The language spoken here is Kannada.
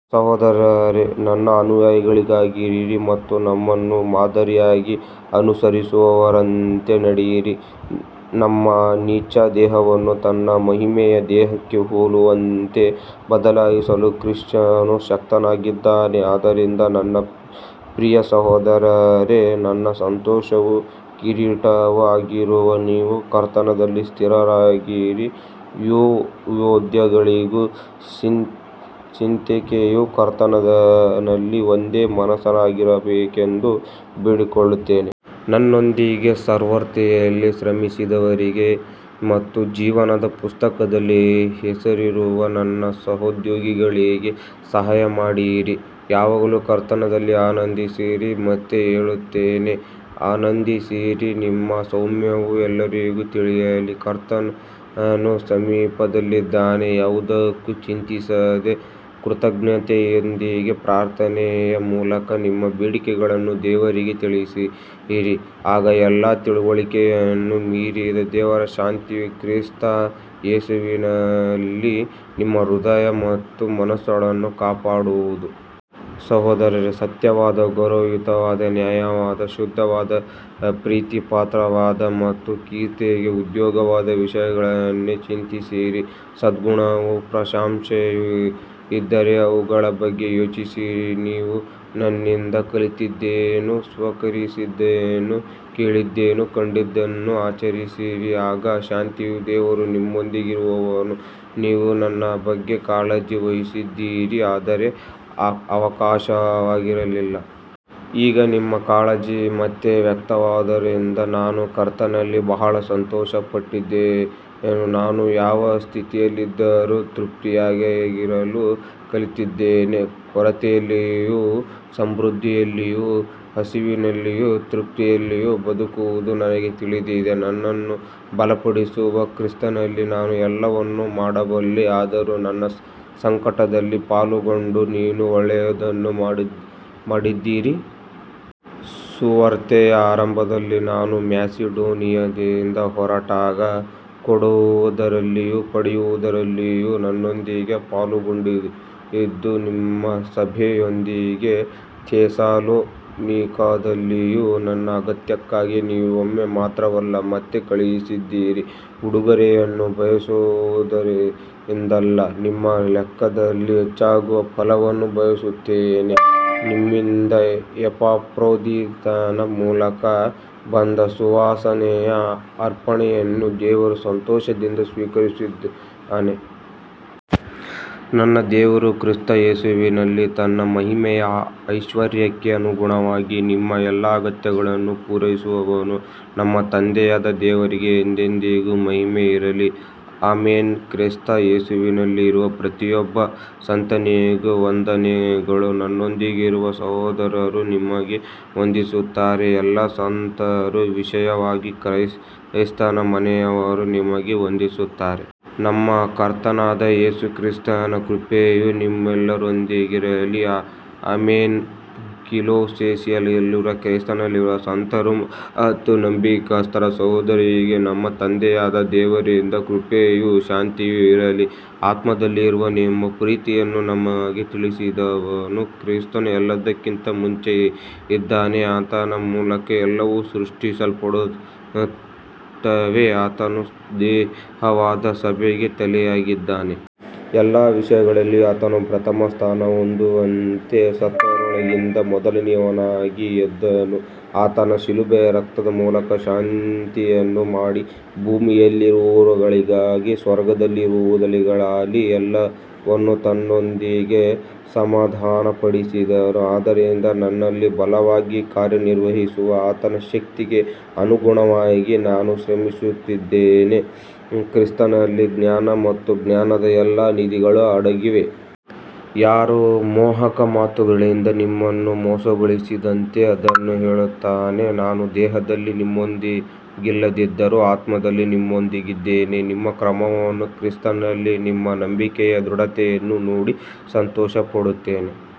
ಸಹೋದರರೇ, ನನ್ನ ಅನುಯಾಯಿಗಳಾಗಿರಿ ಮತ್ತು ನಮ್ಮನ್ನು ಮಾದರಿಯಾಗಿ ಅನುಸರಿಸುವವರಂತೆ ನಡೆಯಿರಿ. ನಮ್ಮ ನೀಚ ದೇಹವನ್ನು ತನ್ನ ಮಹಿಮೆಯ ದೇಹಕ್ಕೆ ಹೋಲುವಂತೆ ಬದಲಾಯಿಸಲು ಕ್ರಿಸ್ತನು ಶಕ್ತನಾಗಿದ್ದಾನೆ. ಆದ್ದರಿಂದ ನನ್ನ ಪ್ರಿಯ ಸಹೋದರರೇ, ನನ್ನ ಸಂತೋಷವೂ ಕಿರೀಟವೂ ಆಗಿರುವ ನೀವು ಕರ್ತನಲ್ಲಿ ಸ್ಥಿರರಾಗಿರಿ. ಯುಯೋದ್ಯಳಿಗೂ ಸಿಂತಿಕೆಯೂ ಕರ್ತನಲ್ಲಿ ಒಂದೇ ಮನಸ್ಸಿನವರಾಗಿರಬೇಕೆಂದು ಬೇಡಿಕೊಳ್ಳುತ್ತೇನೆ. ನನ್ನೊಂದಿಗೆ ಸುವಾರ್ತೆಯಲ್ಲಿ ಶ್ರಮಿಸಿದವರಿಗೆ ಮತ್ತು ಜೀವನದ ಪುಸ್ತಕದಲ್ಲಿ ಹೆಸರಿರುವ ನನ್ನ ಸಹೋದ್ಯೋಗಿಗಳಿಗೆ ಸಹಾಯಮಾಡಿರಿ. ಯಾವಾಗಲೂ ಕರ್ತನಲ್ಲಿ ಆನಂದಿಸಿರಿ, ಮತ್ತೆ ಹೇಳುತ್ತೇನೆ, ಆನಂದಿಸಿರಿ. ನಿಮ್ಮ ಸೌಮ್ಯತೆಯು ಎಲ್ಲರಿಗೂ ತಿಳಿಯಲಿ. ಕರ್ತನು ಸಮೀಪದಲ್ಲಿದ್ದಾನೆ. ಯಾವುದಕ್ಕೂ ಚಿಂತಿಸದೆ, ಕೃತಜ್ಞತೆಯೊಂದಿಗೆ ಪ್ರಾರ್ಥನೆಯ ಮೂಲಕ ನಿಮ್ಮ ಬೇಡಿಕೆಗಳನ್ನು ದೇವರಿಗೆ ತಿಳಿಸಿರಿ. ಆಗ ಎಲ್ಲ ತಿಳುವಳಿಕೆಯನ್ನು ಮೀರಿದ ದೇವರ ಶಾಂತಿಯು ಕ್ರಿಸ್ತ ಯೇಸುವಿನಲ್ಲಿ ನಿಮ್ಮ ಹೃದಯ ಮತ್ತು ಮನಸ್ಸುಗಳನ್ನು ಕಾಪಾಡುವುದು. ಸಹೋದರರೇ, ಸತ್ಯವಾದ, ಗೌರವಯುತವಾದ, ನ್ಯಾಯವಾದ, ಶುದ್ಧವಾದ, ಪ್ರೀತಿಪಾತ್ರವಾದ ಮತ್ತು ಕೀರ್ತಿಗೆ ಯೋಗ್ಯವಾದ ವಿಷಯಗಳನ್ನೇ ಚಿಂತಿಸಿರಿ. ಸದ್ಗುಣವೂ ಪ್ರಶಂಸೆಯೂ ಇದ್ದರೆ ಅವುಗಳ ಬಗ್ಗೆ ಯೋಚಿಸಿರಿ. ನೀವು ನನ್ನಿಂದ ಕಲಿತದ್ದನ್ನೂ ಸ್ವೀಕರಿಸಿದ್ದನ್ನೂ ಕೇಳಿದ್ದನ್ನೂ ಕಂಡದ್ದನ್ನೂ ಆಚರಿಸಿರಿ, ಆಗ ಶಾಂತಿಯ ದೇವರು ನಿಮ್ಮೊಂದಿಗಿರುವನು. ನೀವು ನನ್ನ ಬಗ್ಗೆ ಕಾಳಜಿ ವಹಿಸುತ್ತಿದ್ದಿರಿ, ಆದರೆ ಅವಕಾಶವಿರಲಿಲ್ಲ. ಈಗ ನಿಮ್ಮ ಕಾಳಜಿ ಮತ್ತೆ ವ್ಯಕ್ತವಾದುದರಿಂದ ನಾನು ಕರ್ತನಲ್ಲಿ ಬಹಳ ಸಂತೋಷಪಟ್ಟೆನು. ನಾನು ಯಾವ ಸ್ಥಿತಿಯಲ್ಲಿದ್ದರೂ ತೃಪ್ತನಾಗಿರಲು ಕಲಿತಿದ್ದೇನೆ. ಕೊರತೆಯಲ್ಲಿಯೂ ಸಮೃದ್ಧಿಯಲ್ಲಿಯೂ, ಹಸಿವಿನಲ್ಲಿಯೂ ತೃಪ್ತಿಯಲ್ಲಿಯೂ ಬದುಕುವುದು ನನಗೆ ತಿಳಿದಿದೆ. ನನ್ನನ್ನು ಬಲಪಡಿಸುವ ಕ್ರಿಸ್ತನಲ್ಲಿ ನಾನು ಎಲ್ಲವನ್ನೂ ಮಾಡಬಲ್ಲೆ. ಆದರೂ ನನ್ನ ಸಂಕಟದಲ್ಲಿ ಪಾಲುಗೊಂಡು ನೀವು ಒಳ್ಳೆಯದನ್ನು ಮಾಡಿದ್ದೀರಿ. ಸುವಾರ್ತೆಯ ಆರಂಭದಲ್ಲಿ ನಾನು ಮ್ಯಾಸಿಡೋನಿಯದಿಂದ ಹೊರಟಾಗ ಕೊಡುವುದಲ್ಲಿಯೂ ಪಡೆಯುವುದಲ್ಲಿಯೂ ನನ್ನೊಂದಿಗೆ ಪಾಲುಗೊಂಡದ್ದು ನಿಮ್ಮ ಸಭೆಯೊಂದೇ. ಥೆಸಲೋನಿಕದಲ್ಲಿಯೂ ನನ್ನ ಅಗತ್ಯಕ್ಕಾಗಿ ನೀವು ಒಮ್ಮೆ ಮಾತ್ರವಲ್ಲ, ಮತ್ತೆ ಕಳುಹಿಸಿದ್ದೀರಿ. ಉಡುಗೊರೆಯನ್ನು ಬಯಸುವುದರಿಂದಲ್ಲ, ನಿಮ್ಮ ಲೆಕ್ಕದಲ್ಲಿ ಹೆಚ್ಚಾಗುವ ಫಲವನ್ನು ಬಯಸುತ್ತೇನೆ. ನಿಮ್ಮಿಂದ ಎಪಾಫ್ರೋದಿತನ ಮೂಲಕ ಬಂದ ಸುವಾಸನೆಯ ಅರ್ಪಣೆಯನ್ನು ದೇವರು ಸಂತೋಷದಿಂದ ಸ್ವೀಕರಿಸಿದ್ದಾನೆ. ನನ್ನ ದೇವರು ಕ್ರಿಸ್ತ ಯೇಸುವಿನಲ್ಲಿ ತನ್ನ ಮಹಿಮೆಯ ಐಶ್ವರ್ಯಕ್ಕೆ ಅನುಗುಣವಾಗಿ ನಿಮ್ಮ ಎಲ್ಲಾ ಅಗತ್ಯಗಳನ್ನು ಪೂರೈಸುವನು. ನಮ್ಮ ತಂದೆಯಾದ ದೇವರಿಗೆ ಎಂದೆಂದಿಗೂ ಮಹಿಮೆ ಇರಲಿ. ಆಮೆನ್. ಕ್ರಿಸ್ತ ಯೇಸುವಿನಲ್ಲಿರುವ ಪ್ರತಿಯೊಬ್ಬ ಸಂತನಿಗೂ ವಂದನೆಗಳು. ನನ್ನೊಂದಿಗಿರುವ ಸಹೋದರರು ನಿಮಗೆ ವಂದಿಸುತ್ತಾರೆ. ಎಲ್ಲಾ ಸಂತರು, ವಿಶೇಷವಾಗಿ ಕೈಸರನ ಮನೆಯವರು, ನಿಮಗೆ ವಂದಿಸುತ್ತಾರೆ. ನಮ್ಮ ಕರ್ತನಾದ ಯೇಸು ಕ್ರಿಸ್ತನ ಕೃಪೆಯು ನಿಮ್ಮೆಲ್ಲರೊಂದಿಗಿರಲಿ. ಆಮೆನ್. ಕೊಲೊಸ್ಸೆಯಲ್ಲಿರುವ ಕ್ರಿಸ್ತನಲ್ಲಿನ ಸಂತರು ಮತ್ತು ನಂಬಿಗಸ್ತ ಸಹೋದರರಿಗೆ ನಮ್ಮ ತಂದೆಯಾದ ದೇವರಿಂದ ಕೃಪೆಯೂ ಶಾಂತಿಯೂ ಇರಲಿ. ಆತ್ಮದಲ್ಲಿರುವ ನಿಮ್ಮ ಪ್ರೀತಿಯನ್ನು ನಮಗೆ ತಿಳಿಸಿದವನು. ಕ್ರಿಸ್ತನು ಎಲ್ಲಕ್ಕಿಂತ ಮುಂಚೆ ಇದ್ದಾನೆ, ಆತನ ಮೂಲಕ ಎಲ್ಲವೂ ಸೃಷ್ಟಿಸಲ್ಪಟ್ಟಿವೆ. ಆತನು ದೇಹವಾದ ಸಭೆಗೆ ತಲೆಯಾಗಿದ್ದಾನೆ. ಎಲ್ಲ ವಿಷಯಗಳಲ್ಲಿ ಆತನು ಪ್ರಥಮಸ್ಥಾನ ಹೊಂದುವಂತೆ ಸತ್ತವರೊಳಗಿಂದ ಮೊದಲನೆಯವನಾಗಿ ಎದ್ದನು. ಆತನ ಶಿಲುಬೆಯ ರಕ್ತದ ಮೂಲಕ ಶಾಂತಿಯನ್ನು ಮಾಡಿ, ಭೂಮಿಯಲ್ಲಿರುವವುಗಳಾಗಲಿ ಸ್ವರ್ಗದಲ್ಲಿರುವವುಗಳಾಗಲಿ ಎಲ್ಲವನ್ನೂ ತನ್ನೊಂದಿಗೆ ಸಮಾಧಾನಪಡಿಸಿದನು. ಆದ್ದರಿಂದ ನನ್ನಲ್ಲಿ ಬಲವಾಗಿ ಕಾರ್ಯನಿರ್ವಹಿಸುವ ಆತನ ಶಕ್ತಿಗೆ ಅನುಗುಣವಾಗಿ ನಾನು ಶ್ರಮಿಸುತ್ತೇನೆ. ಕ್ರಿಸ್ತನಲ್ಲಿ ಜ್ಞಾನ ಮತ್ತು ಜ್ಞಾನದ ಎಲ್ಲಾ ನಿಧಿಗಳು ಅಡಗಿವೆ. ಯಾರೂ ಮೋಹಕ ಮಾತುಗಳಿಂದ ನಿಮ್ಮನ್ನು ಮೋಸಗೊಳಿಸದಂತೆ ಇದನ್ನು ಹೇಳುತ್ತೇನೆ. ನಾನು ದೇಹದಲ್ಲಿ ನಿಮ್ಮೊಂದಿಗಿಲ್ಲದಿದ್ದರೂ ಆತ್ಮದಲ್ಲಿ ನಿಮ್ಮೊಂದಿಗಿದ್ದೇನೆ. ನಿಮ್ಮ ಕ್ರಮವನ್ನೂ ಕ್ರಿಸ್ತನಲ್ಲಿ ನಿಮ್ಮ ನಂಬಿಕೆಯ ದೃಢತೆಯನ್ನೂ ನೋಡಿ ಸಂತೋಷಪಡುತ್ತೇನೆ.